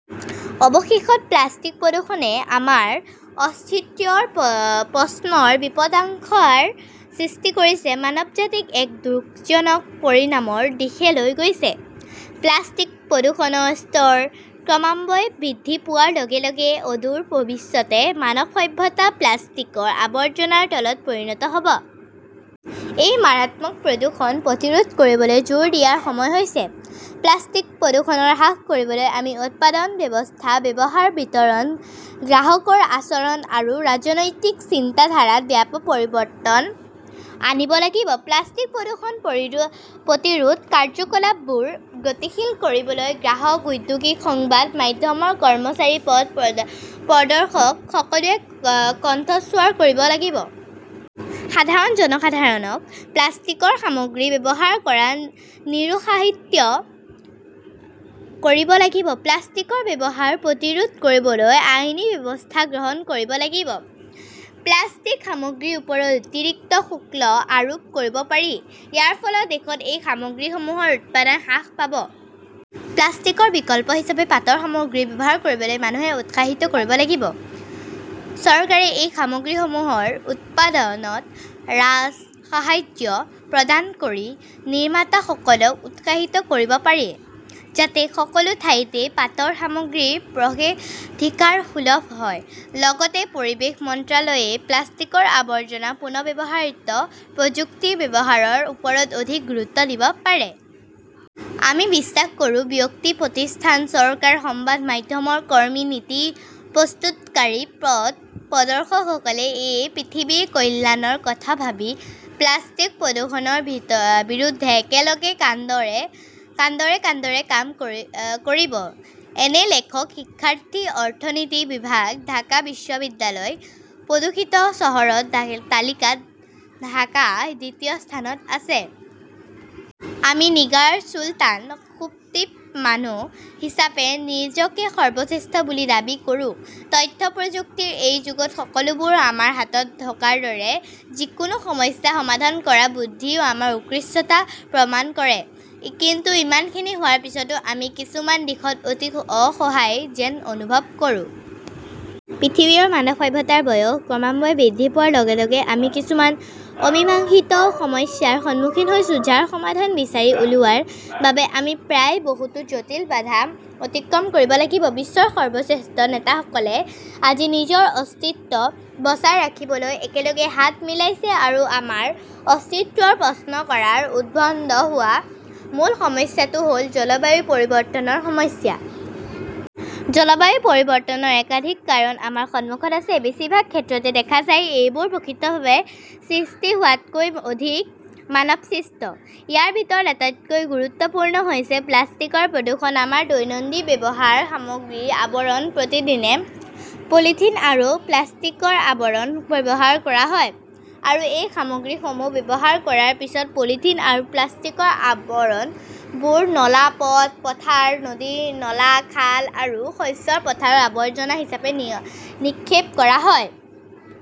অৱশেষত প্লাষ্টিক প্ৰদূষণে আমাৰ অস্তিত্বৰ প্ৰশ্নৰ বিপদাংশাৰ সৃষ্টি কৰিছে। মানৱজাতিক এক দুখজনক পৰিণামৰ দিশে লৈ গৈছে। প্লাষ্টিকৰ প্ৰদূষণৰ স্তৰ ক্ৰমাম্বয়ে বৃদ্ধি পোৱাৰ লগে লগে অদূৰ ভৱিষ্যতে মানৱ সভ্যতা প্লাষ্টিকৰ আৱৰ্জনাৰ তলত পৰিণত হ'ব। এই মাৰাত্মক প্ৰদূষণ প্ৰতিৰোধ কৰিবলৈ জোৰ দিয়াৰ সময় হৈছে। প্লাষ্টিক প্ৰদূষণৰ হ্ৰাস কৰিবলৈ আমি উৎপাদন ব্যৱস্থা, ব্যৱহাৰ, বিতৰণ, গ্ৰাহকৰ আচৰণ আৰু ৰাজনৈতিক চিন্তাধাৰাত ব্যাপক পৰিৱৰ্তন আনিব লাগিব। প্লাষ্টিক প্ৰদূষণ প্ৰতিৰোধ কাৰ্যকলাপবোৰ গতিশীল কৰিবলৈ গ্ৰাহক, উদ্যোগী, সংবাদ মাধ্যমৰ কৰ্মচাৰী, পথ প্ৰদৰ্শক সকলোৱে কণ্ঠস্বৰ কৰিব লাগিব। সাধাৰণ জনসাধাৰণক প্লাষ্টিকৰ সামগ্ৰী ব্যৱহাৰ কৰাত নিৰুৎসাহিত কৰিব লাগিব। প্লাষ্টিকৰ ব্যৱহাৰ প্ৰতিৰোধ কৰিবলৈ আইনী ব্যৱস্থা গ্ৰহণ কৰিব লাগিব। প্লাষ্টিক সামগ্ৰীৰ ওপৰত অতিৰিক্ত শুল্ক আৰোপ কৰিব পাৰি। ইয়াৰ ফলত দেশত এই সামগ্ৰীসমূহৰ উৎপাদন হ্ৰাস পাব। প্লাষ্টিকৰ বিকল্প হিচাপে পাটৰ সামগ্ৰী ব্যৱহাৰ কৰিবলৈ মানুহে উৎসাহিত কৰিব লাগিব। চৰকাৰে এই সামগ্ৰীসমূহৰ উৎপাদনত ৰাজসাহায্য প্ৰদান কৰি নিৰ্মাতাসকলক উৎসাহিত কৰিব পাৰে ,যাতে সকলো ঠাইতে পাটৰ সামগ্ৰীৰ প্ৰৱেশাধিকাৰ সুলভ হয়। লগতে পৰিৱেশ মন্ত্ৰালয়ে প্লাষ্টিকৰ আৱৰ্জনা পুনৰ্ব্যৱহাৰিত প্ৰযুক্তিৰ ব্যৱহাৰৰ ওপৰত অধিক গুৰুত্ব দিব পাৰে। আমি বিশ্বাস কৰোঁ, ব্যক্তি, প্ৰতিষ্ঠান, চৰকাৰ, সংবাদ মাধ্যমৰ কৰ্মী, নীতি প্ৰস্তুতকাৰী, পথ প্ৰদৰ্শকসকলে এই পৃথিৱীৰ কল্যাণৰ কথা ভাবি প্লাষ্টিক প্ৰদূষণৰ বিৰুদ্ধে একেলগে কান্দৰে কান্দৰে কাম কৰিব। এন লেখক শিক্ষাৰ্থী, অৰ্থনীতি বিভাগ, ঢাকা বিশ্ববিদ্যালয়। প্ৰদূষিত চহৰৰ তালিকাত ঢাকা দ্বিতীয় স্থানত আছে। আমি নিগাৰ চুলতান সুপ্তি মানুহ হিচাপে নিজকে সৰ্বশ্ৰেষ্ঠ বুলি দাবী কৰোঁ। তথ্য প্ৰযুক্তিৰ এই যুগত সকলোবোৰ আমাৰ হাতত থকাৰ দৰে। যিকোনো সমস্যা সমাধান কৰাৰ বুদ্ধিই আমাৰ উৎকৃষ্টতা প্ৰমাণ কৰে। কিন্তু ইমানখিনি হোৱাৰ পিছতো আমি কিছুমান দিশত অতি অসহায় যেন অনুভৱ কৰোঁ। পৃথিৱী আৰু মানৱ সভ্যতাৰ বয়স ক্ৰমাম্বয়ে বৃদ্ধি পোৱাৰ লগে লগে আমি কিছুমান অমীমাংসিত সমস্যাৰ সন্মুখীন হৈছো, যাৰ সমাধান বিচাৰি উলিওৱাৰ বাবে আমি প্ৰায়ে বহুতো জটিল বাধা অতিক্ৰম কৰিব লাগিব। বিশ্বৰ সৰ্বশ্ৰেষ্ঠ নেতাসকলে আজি নিজৰ অস্তিত্ব বচাই ৰাখিবলৈ একেলগে হাত মিলাইছে আৰু আমাৰ অস্তিত্বৰ প্ৰশ্নৰ কৰা উতভন্দ হোৱা মূল সমস্যাটো হ'ল জলবায়ু পৰিৱৰ্তনৰ সমস্যা। জলবায়ু পৰিৱৰ্তনৰ একাধিক কাৰণ আমাৰ সন্মুখত আছে। বেছিভাগ ক্ষেত্ৰতে দেখা যায় এইবোৰ প্ৰাকৃতিকভাৱে সৃষ্টি হোৱাতকৈ অধিক মানৱসৃষ্ট। ইয়াৰ ভিতৰত আটাইতকৈ গুৰুত্বপূৰ্ণ হৈছে প্লাষ্টিকৰ প্ৰদূষণ। আমাৰ দৈনন্দিন ব্যৱহাৰৰ সামগ্ৰীৰ আৱৰণত প্ৰতিদিনে পলিথিন আৰু প্লাষ্টিকৰ আৱৰণ ব্যৱহাৰ কৰা হয় আৰু এই সামগ্ৰীসমূহ ব্যৱহাৰ কৰাৰ পিছত পলিথিন আৰু প্লাষ্টিকৰ আৱৰণবোৰ নলা, পথ, পথাৰ, নদীৰ নলা, খাল আৰু শস্যৰ পথাৰত আৱৰ্জনা হিচাপে নিক্ষেপ কৰা হয়।